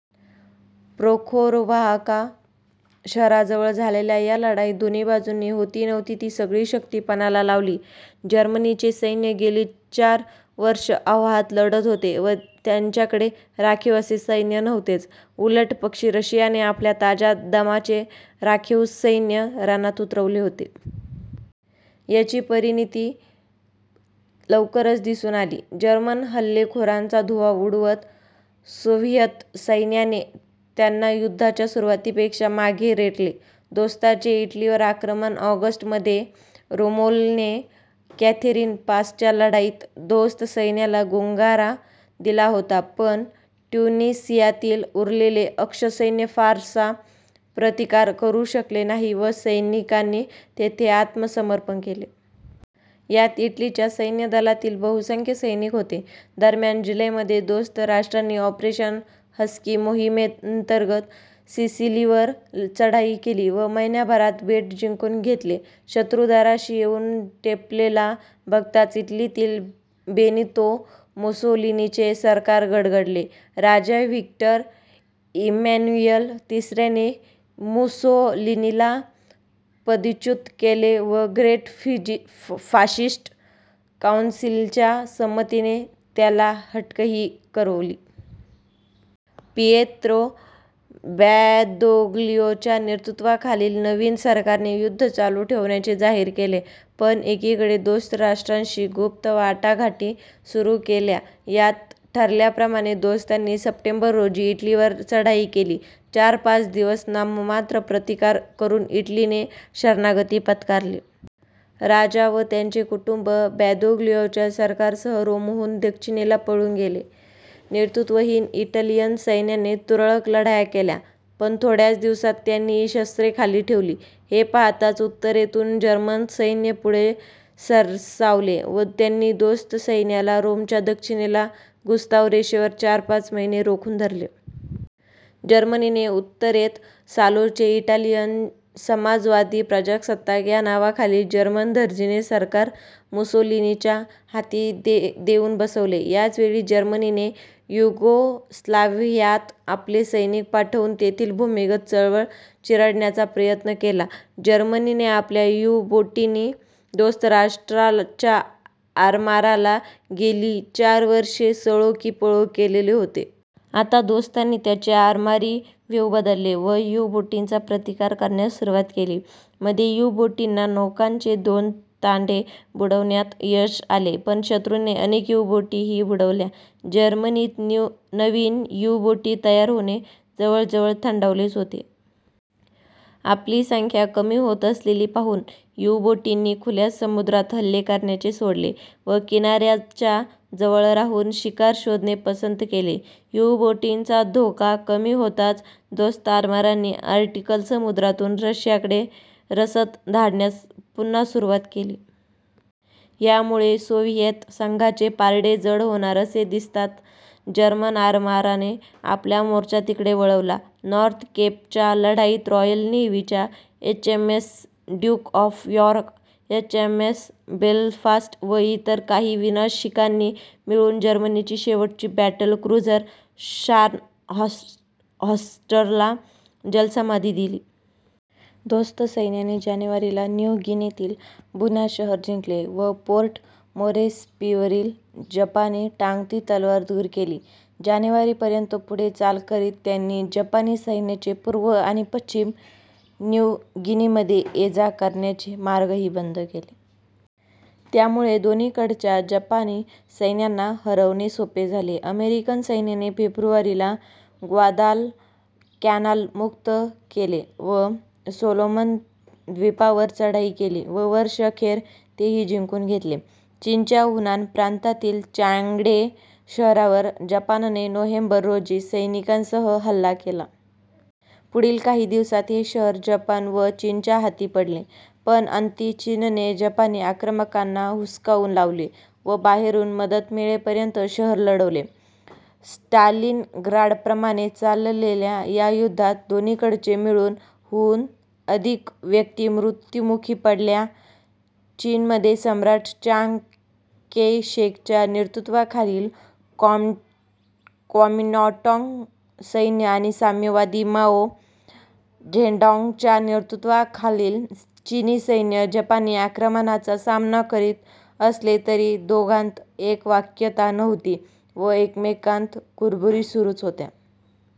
Prokhorovka शहराजवळ झालेल्या या लढाईत दोन्ही बाजूंनी होतीनव्हती ती सगळी शक्ती पणाला लावली. जर्मनीचे सैन्य गेली चार वर्षे अव्याहत लढत होते व त्यांच्याकडे राखीव असे सैन्य नव्हतेच. उलटपक्षी रशियाने आपले ताज्या दमाचे राखीव सैन्य रणात उतरवले होते. याची परिणती लवकरच दिसून आली. जर्मन हल्लेखोरांचा धुव्वा उडवत सोव्हिएत सैन्याने त्यांना युद्धाच्या सुरुवातीपेक्षा मागे रेटले. दोस्तांचे इटलीवर आक्रमण ऑगस्ट मध्ये रोमेलने कॅथेरीन पासच्या लढाईत दोस्त सैन्याला गुंगारा दिला होता पण ट्युनिसियातील उरलेले अक्ष सैन्य फारसा प्रतिकार करू शकले नाही व सैनिकांनी तेथे आत्मसमर्पण केले. यात इटलीच्या सैन्यदलातील बहुसंख्य सैनिक होते. दरम्यान जुलैमध्ये दोस्त राष्ट्रांनी ऑपरेशन हस्की मोहीमेंतर्गत सिसिलीवर चढाई केली व महिन्याभरात बेट जिंकून घेतले. शत्रु दाराशी येऊन ठेपलेला बघताच इटलीतील बेनितो मुसोलिनीचे सरकार गडगडले. राजा व्हिक्टर इम्मॅन्युएल तिसऱ्याने मुसोलिनीला पदच्युत केले व ग्रेट फाशिस्ट काउन्सिलच्या संमतीने त्याला अटकही करवली. पीयेत्रो बॅदोग्लियोच्या नेतृत्वाखालील नवीन सरकारने युद्ध चालू ठेवण्याचे जाहीर केले पण एकीकडे दोस्त राष्ट्रांशी गुप्त वाटाघाटी सुरू केल्या. यात ठरल्याप्रमाणे दोस्तांनी सप्टेंबर रोजी इटलीवर चढाई केली. चार-पाच दिवस नाममात्र प्रतिकार करून इटलीने शरणागती पत्करली. राजा व त्याचे कुटुंब बॅदोग्लियोच्या सरकारसह रोमहून दक्षिणेला पळून गेले. नेतृत्वहीन इटालियन सैन्याने तुरळक लढाया केल्या पण थोड्याच दिवसांत त्यांनीही शस्त्रे खाली ठेवली. हे पाहताच उत्तरेतून जर्मन सैन्य पुढे सरसावले व त्यांनी दोस्त सैन्याला रोमच्या दक्षिणेला गुस्ताव रेषेवर चार-पाच महिने रोखून धरले. जर्मनीने उत्तरेत सालोचे इटालियन समाजवादी प्रजासत्ताक या नावाखाली जर्मनधार्जिणे सरकार मुसोलिनीच्या हाती देऊन बसवले. याचवेळी जर्मनीने युगोस्लाव्हियात आपले सैनिक पाठवून तेथील भूमिगत चळवळ चिरडण्याचा प्रयत्न केला. जर्मनीने आपल्या यु-बोटींनी दोस्त राष्ट्रांच्या आरमाराला गेली चार वर्षे सळो की पळो केलेले होते. आता दोस्तांनी त्यांचे आरमारी व्यूह बदलले व यु-बोटींचा प्रतिकार करण्यास सुरुवात केली. मध्ये यु-बोटींना नौकांचे दोन तांडे बुडवण्यात यश आले पण शत्रूने अनेक यु-बोटीही बुडवल्या. जर्मनीत नवीन यु-बोटी तयार होणे जवळजवळ थंडावलेच होते. आपली संख्या कमी होत असलेली पाहून यु-बोटींनी खुल्या समुद्रात हल्ले करण्याचे सोडले व किनाराऱ्याच्या जवळ राहून शिकार शोधणे पसंत केले. यु-बोटींचा धोका कमी होताच दोस्त आरमारांनी आर्क्टिक समुद्रातून रशियाकडे रसद धाडण्यास पुनः सुरुवात केली. यामुळे सोव्हिएत संघाचे पारडे जड होणार असे दिसताच जर्मन आरमाराने आपला मोर्चा तिकडे वळवला. नॉर्थ केपच्या लढाईत रॉयल नेव्हीच्या H. M. S. Duke of York, H. M. S. Belfast व इतर काही विनाशिकांनी मिळून जर्मनीची शेवटची बॅटल क्रुझर शार्नहॉर्स्टला जलसमाधि दिली. दोस्त सैन्याने जानेवारी ला न्यू गिनीतील बुना शहर जिंकले व पोर्ट मोरेस्बीवरील जपानी टांगती तलवार दूर केली. जानेवारी पर्यंत पुढे चाल करीत त्यांनी जपानी सैन्याचे पूर्व आणि पश्चिम न्यू गिनीमध्ये ये-जा करण्याचे मार्गही बंद केले. त्यामुळे दोन्हीकडच्या जपानी सैन्यांना हरवणे सोपे झाले. अमेरिकन सैन्याने फेब्रुवारी ला ग्वादालकॅनाल मुक्त केले व सोलोमन द्वीपांवर चढाई केली व वर्षअखेर तेही जिंकून घेतले. चीनच्या हुनान प्रांतातील चांग्डे शहरावर जपानने नोव्हेंबर, रोजी सैनिकांसह हल्ला केला. पुढील काही दिवसांत हे शहर जपान व चीनच्या हाती पडले पण अंती चीनने जपानी आक्रमकांना हुसकावून लावले व बाहेरून मदत मिळेपर्यंत शहर लढवले. स्टालिनग्राडप्रमाणे चाललेल्या या युद्धात दोन्हीकडचे मिळून, हून अधिक व्यक्ती मृत्युमुखी पडल्या चीनमध्ये सम्राट च्यांग कै-शेकच्या नेतृत्वाखालील कॉमिन्टांग सैन्य आणि साम्यवादी माओ झेडॉॅंगच्या नेतृत्वाखालील चीनी सैन्य जपानी आक्रमणाचा सामना करीत असले तरी दोघांत एकवाक्यता नव्हती व एकमेकांत कुरबुरी सुरूच होत्या.